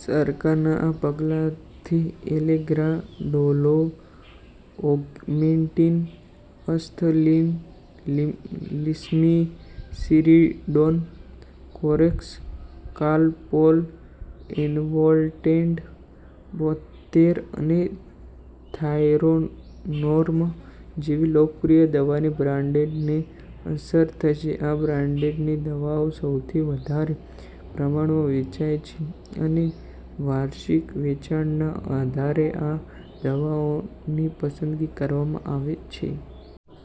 સરકારના આ પગલાથી Allegra, Dolo, Augmentin, Asthalin, Limcee, Saridon, Corex, Calpol, અનવોન્ટેડ-બોતેર અને થાયરોનોર્મ જેવી લોકપ્રિય દવાની બ્રાન્ડને અસર થશે. આ બ્રાન્ડની દવાઓ સૌથી વધારે પ્રમાણમાં વેચાય છે અને વાર્ષિક વેચાણના આધારે આ દવાઓની પસંદગી કરવામાં આવી છે.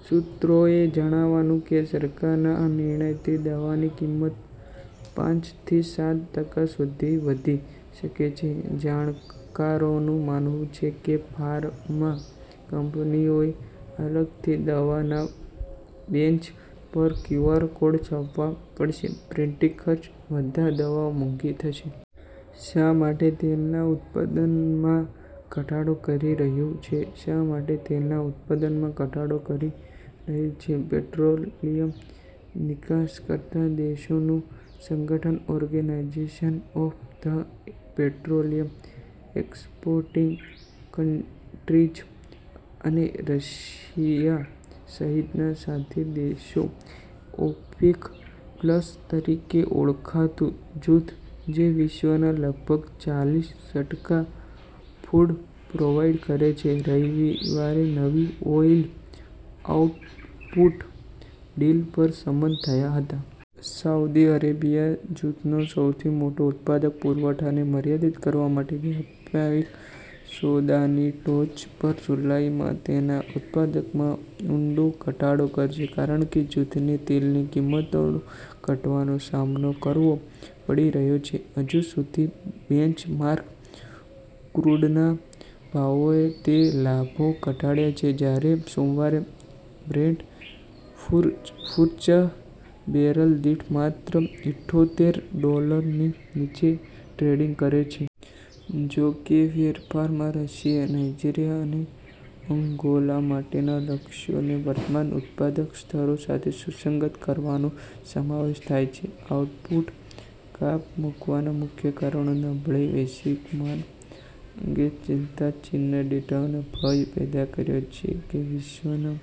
સૂત્રોએ જણાવાનું કે, સરકારના આ નિર્ણયથી દવાની કિંમત પાંચ થી સાત ટકા સુધી વધી શકે છે. જાણકારોનું માનવું છે કે, ફાર્મા કંપનીઓએ અલગથી દવાના બેન્ચ પર ક્યુઆર કોડ છાપવા પડશે, પ્રિન્ટિંગ ખર્ચ વધતા દવાઓ મોંઘી થશે. શા માટે તેલના ઉત્પાદનમાં ઘટાડો કરી રહ્યું છે? શા માટે તેલના ઉત્પાદનમાં ઘટાડો કરી રહ્યું છે? પેટ્રોલિયમ નિકાસ કરતા દેશોનું સંગઠન organisation of the petroleum exporting countries અને રશિયા સહિતના સાથી દેશો, ઓપેક પ્લસ તરીકે ઓળખાતું જૂથ, જે વિશ્વના લગભગ ચાલીસટકા ક્રૂડ પ્રોવાઈડ કરે છે, રવિવારે નવી ઓઈલ આઉટપુટ ડીલ પર સંમત થયા હતા. સાઉદી અરેબિયા, જૂથનો સૌથી મોટો ઉત્પાદક, પુરવઠાને મર્યાદિત કરવા માટે વ્યાપક સોદાની ટોચ પર જુલાઈમાં તેના ઉત્પાદનમાં ઊંડો ઘટાડો કરશે, કારણ કે જૂથને તેલની કિંમતો ઘટવાનો સામનો કરવો પડી રહ્યો છે. હજુ સુધી બેન્ચમાર્ક ક્રૂડના ભાવોએ તે લાભો ઘટાડ્યા છે, જ્યારે સોમવારે બ્રેન્ટ ફ્યુચર્સ બેરલ દીઠ માત્ર ઇઠ્યોતેર ડોલરની નીચે ટ્રેડિંગ કરે છે. જો કે, ફેરફારોમાં રશિયા, નાઇજીરીયા અને અંગોલા માટેના લક્ષ્યોને વર્તમાન ઉત્પાદન સ્તરો સાથે સુસંગત કરવાનો સમાવેશ થાય છે. આઉટપુટમાં કાપ મૂકવાના મુખ્ય કારણો: નબળી વૈશ્વિક માંગ અંગે ચિંતા: ચીનના ડેટાએ ભય પેદા કર્યો છે કે વિશ્વના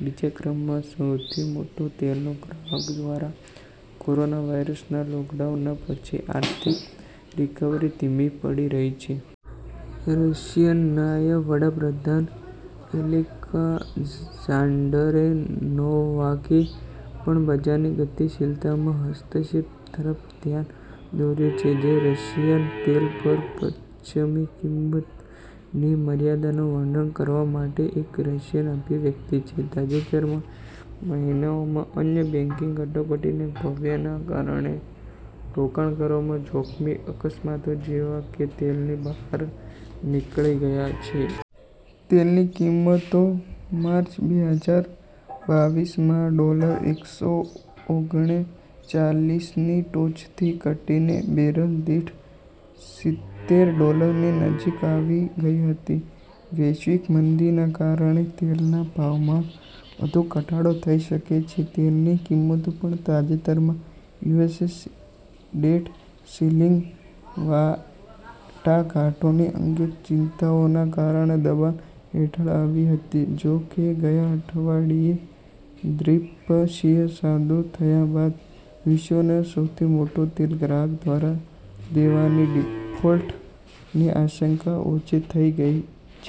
બીજા ક્રમના સૌથી મોટા તેલ ગ્રાહક દ્વારા કોરોનાવાયરસ લોકડાઉન પછીની આર્થિક રિકવરી ધીમી પડી રહી છે. રશિયન નાયબ વડા પ્રધાન એલેક્ઝાન્ડર નોવાકે પણ "બજારની ગતિશીલતામાં હસ્તક્ષેપ" તરફ ધ્યાન દોર્યું છે, જે રશિયન તેલ પર પશ્ચિમી કિંમતની મર્યાદાનું વર્ણન કરવા માટે એક રશિયન અભિવ્યક્તિ છે. તાજેતરના મહિનાઓમાં અન્ય બેંકિંગ કટોકટીના ભયને કારણે રોકાણકારો જોખમી અસ્કયામતો જેવી કે તેલમાંથી બહાર નીકળી ગયા છે. તેલની કિંમતો માર્ચ બે હજાર બાવીસમાં ડોલર એકસો ઓગણચાલીસની ટોચથી ઘટીને બેરલ દીઠ સિત્તેરડોલરની નજીક આવી ગઈ હતી. વૈશ્વિક મંદીના કારણે તેલના ભાવમાં વધુ ઘટાડો થઈ શકે છે. તેલની કિંમતો પણ તાજેતરમાં યુએસ ડેટ સીલિંગ વાટાઘાટો અંગેની ચિંતાઓને કારણે દબાણ હેઠળ આવી હતી, જોકે ગયા અઠવાડિયે દ્વિપક્ષીય સોદો થયા બાદ વિશ્વના સૌથી મોટા તેલ ગ્રાહક દ્વારા દેવાની ડિફોલ્ટની આશંકા ઓછી થઈ ગઈ છે.